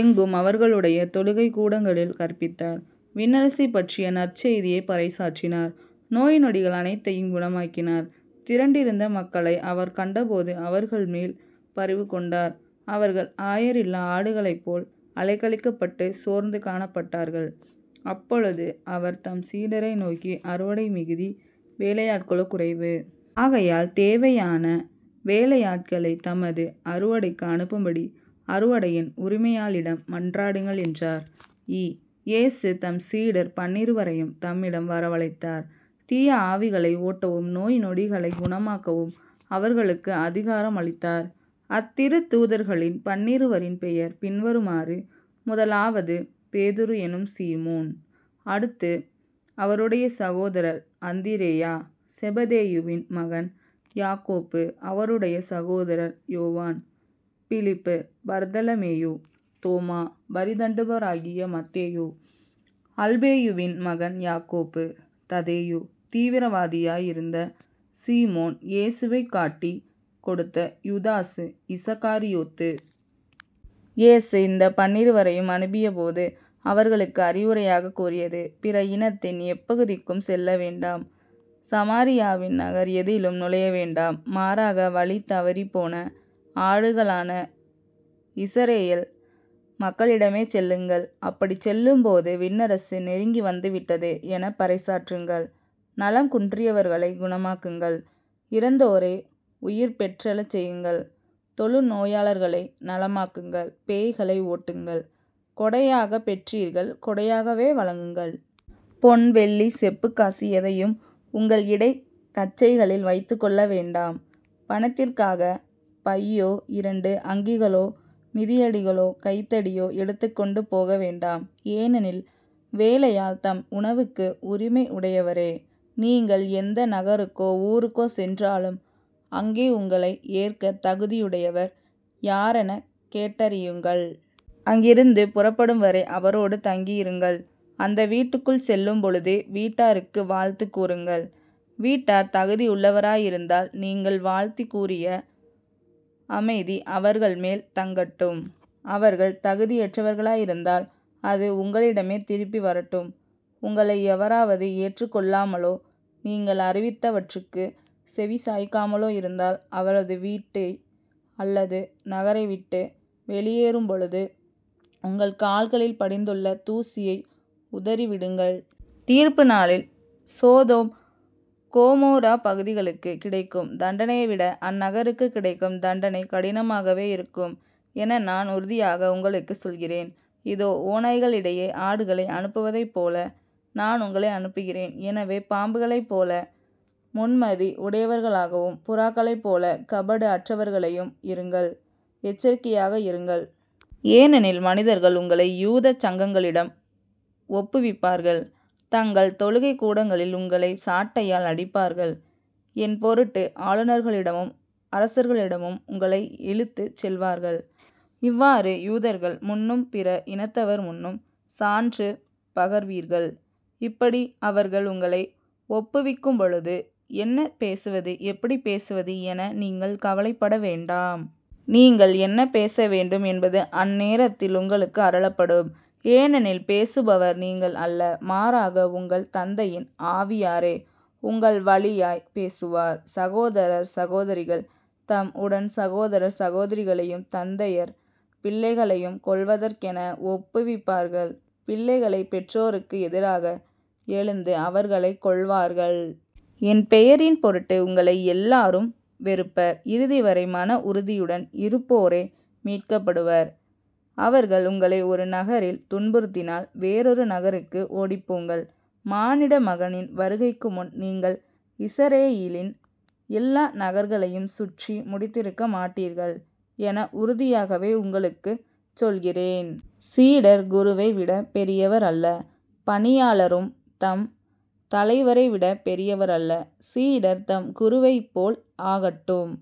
எங்கும் அவர்களுடைய தொழுகைக்கூடங்களில் கற்பித்தார் விண்ணரசைப்பற்றிய நற்செய்தியைப் பறைசாற்றினார் நோய் நொடிகள் அனைத்தையும் குணமாக்கினார். திரண்டிருந்த மக்களை அவர் கண்டபோது அவர்கள் மேல் பரிவுகொண்டார் அவர்கள் ஆயர் இல்லா ஆடுகளைப்போல அலைக்கழிக்கப்பட்டு சோர்ந்து காணப்பட்டார்கள். அப்பொழுது அவர் தம் சீடரை நோக்கி அறுவடை மிகுதி வேலையாள்களோ குறைவு. ஆகையால் தேவையான வேலையாள்களைத் தமது அறுவடைக்கு அனுப்பும்படி அறுவடையின் உரிமையாளிடம் மன்றாடுங்கள் என்றார். ஈ. இயேசு தம் சீடர் பன்னிருவரையும் தம்மிடம் வரவழைத்தார். தீய ஆவிகளை ஓட்டவும், நோய் நொடிகளைக் குணமாக்கவும் அவர்களுக்கு அதிகாரம் அளித்தார். அத்திருத்தூதர்களின் பன்னிருவரின் பெயர் பின்வருமாறு முதலாவது பேதுரு என்னும் சீமோன், அடுத்து அவருடைய சகோதரர் அந்திரேயா செபதேயுவின் மகன் யாக்கோப்பு அவருடைய சகோதரர் யோவான் பிலிப்பு பர்த்தலமேயு தோமா வரிதண்டுபவராகிய மத்தேயு அல்பேயுவின் மகன் யாக்கோப்பு ததேயு தீவிரவாதியாய் இருந்த சீமோன் இயேசுவைக் காட்டிக் கொடுத்த யூதாசு இஸகாரியோத்து. இயேசு இந்தப் பன்னிருவரையும் அனுப்பியபோது அவர்களுக்கு அறிவுரையாகக் கூறியது பிற இனத்தின் எப்பகுதிக்கும் செல்ல வேண்டாம். சமாரியாவின் நகர் எதிலும் நுழைய வேண்டாம். மாறாக வழி தவறினப்போன ஆடுகளான இஸரயேல் மக்களிடமே செல்லுங்கள். அப்படிச் செல்லும்போது" விண்ணரசு நெருங்கி வந்துவிட்டது எனப் பறைசாற்றுங்கள். நலம் குன்றியவர்களைக் குணமாக்குங்கள் இறந்தோரை உயிர் பெற்றெழச் செய்யுங்கள் தொழுநோயாளர்களை நலமாக்குங்கள் பேய்களை ஓட்டுங்கள் கொடையாகப் பெற்றீர்கள் கொடையாகவே வழங்குங்கள். பொன் வெள்ளி செப்புக் காசு எதையும் உங்கள் இடைக் கச்சைகளில் வைத்துக் கொள்ள வேண்டாம். பயணத்திற்காகப் பையோ இரண்டு அங்கிகளோ மிதியடிகளோ கைத்தடியோ எடுத்துக்கொண்டு போக வேண்டாம். ஏனெனில் வேலையாள் தம் உணவுக்கு உரிமை உடையவரே. நீங்கள் எந்த நகருக்கோ ஊருக்கோ சென்றாலும் அங்கே உங்களை ஏற்கத் தகுதியுடையவர் யாரெனக் கேட்டறியுங்கள். அங்கிருந்து புறப்படும்வரை அவரோடு தங்கியிருங்கள். அந்த வீட்டுக்குள் செல்லும்பொழுதே வீட்டாருக்கு வாழ்த்துக் கூறுங்கள். வீட்டார் தகுதி உள்ளவராய் இருந்தால நீங்கள் வாழ்த்திக் கூறிய அமைதி அவர்கள்மேல் தங்கட்டும் அவர்கள் தகுதியற்றவர்களாயிருந்தால் அது உங்களிடமே திரும்பி வரட்டும். உங்களை எவராவது ஏற்றுக் கொள்ளாமலோ நீங்கள் அறிவித்தவற்றுக்குச் செவிசாய்க்காமலோ இருந்தால் அவரது வீட்டை அல்லது நகரைவிட்டு வெளியேறும்பொழுது உங்கள் கால்களில் படிந்துள்ள தூசியை உதறிவிடுங்கள். தீர்ப்பு நாளில் சோதோம் கொமோராப்பகுதிகளுக்குக் கிடைக்கும் தண்டனையை விட அந்நகருக்குக் கிடைக்கும் தண்டனை கடினமாகவே இருக்கும் என நான் உறுதியாக உங்களுக்குச் சொல்கிறேன். இதோ. ஓநாய்களிடையே ஆடுகளை அனுப்புவதைப்போல நான் உங்களை அனுப்புகிறேன். எனவே பாம்புகளைப்போல முன்மதி உடையவர்களாகவும் புறாக்களைப்போலக் கபடு அற்றவர்களையும் இருங்கள். எச்சரிக்கையாக இருங்கள். ஏனெனில் மனிதர்கள் உங்களை யூதச் சங்கங்களிடம் ஒப்புவிப்பார்கள். தங்கள் தொழுகைக்கூடங்களில் உங்களைச் சாட்டையால் அடிப்பார்கள். என்பொருட்டு ஆளுநர்களிடமும் அரசர்களிடமும் உங்களை இழுத்துச்செல்வார்கள். இவ்வாறு யூதர்கள் முன்னும் பிற இனத்தவர் முன்னும் சான்று பகர்வீர்கள். இப்படி அவர்கள் உங்களை ஒப்புவிக்கும்பொழுது என்ன பேசுவது எப்படிப் பேசுவது என நீங்கள் கவலைப்பட வேண்டாம். நீங்கள் என்ன பேச வேண்டும் என்பது அந்நேரத்தில் உங்களுக்கு அருளப்படும். ஏனெனில் பேசுபவர் நீங்கள் அல்ல. மாறாக, உங்கள் தந்தையின் ஆவியாரே உங்கள் வழியாய்ப் பேசுவார். சகோதரர் சகோதரிகள் தம் உடன் சகோதரர் சகோதரிகளையும் தந்தையர் பிள்ளைகளையும் கொல்வதற்கென ஒப்புவிப்பார்கள். பிள்ளைகளை பெற்றோர்க்கு எதிராக எழுந்து அவர்களைக் கொல்வார்கள். என் பெயரின் பொருட்டு உங்களை எல்லாரும் வெறுப்பர். இறுதிவரை மன உறுதியுடன் இருப்போரே மீட்கப்படுவர். அவர்கள் உங்களை ஒரு நகரில் துன்புறுத்தினால் வேறொரு நகருக்கு ஓடிப்போங்கள். மானிட மகனின் வருகைக்குமுன் நீங்கள் இஸரயேலின் எல்லா நகர்களையும் சுற்றி முடித்திருக்க மாட்டீர்கள் என உறுதியாகவே உங்களுக்குச் சொல்கிறேன். சீடர் குருவை விடப் பெரியவர் அல்ல. பணியாளரும் தம் தலைவரைவிடப் பெரியவர் அல்ல. சீடர் தம் குருவைப் போல் ஆகட்டும்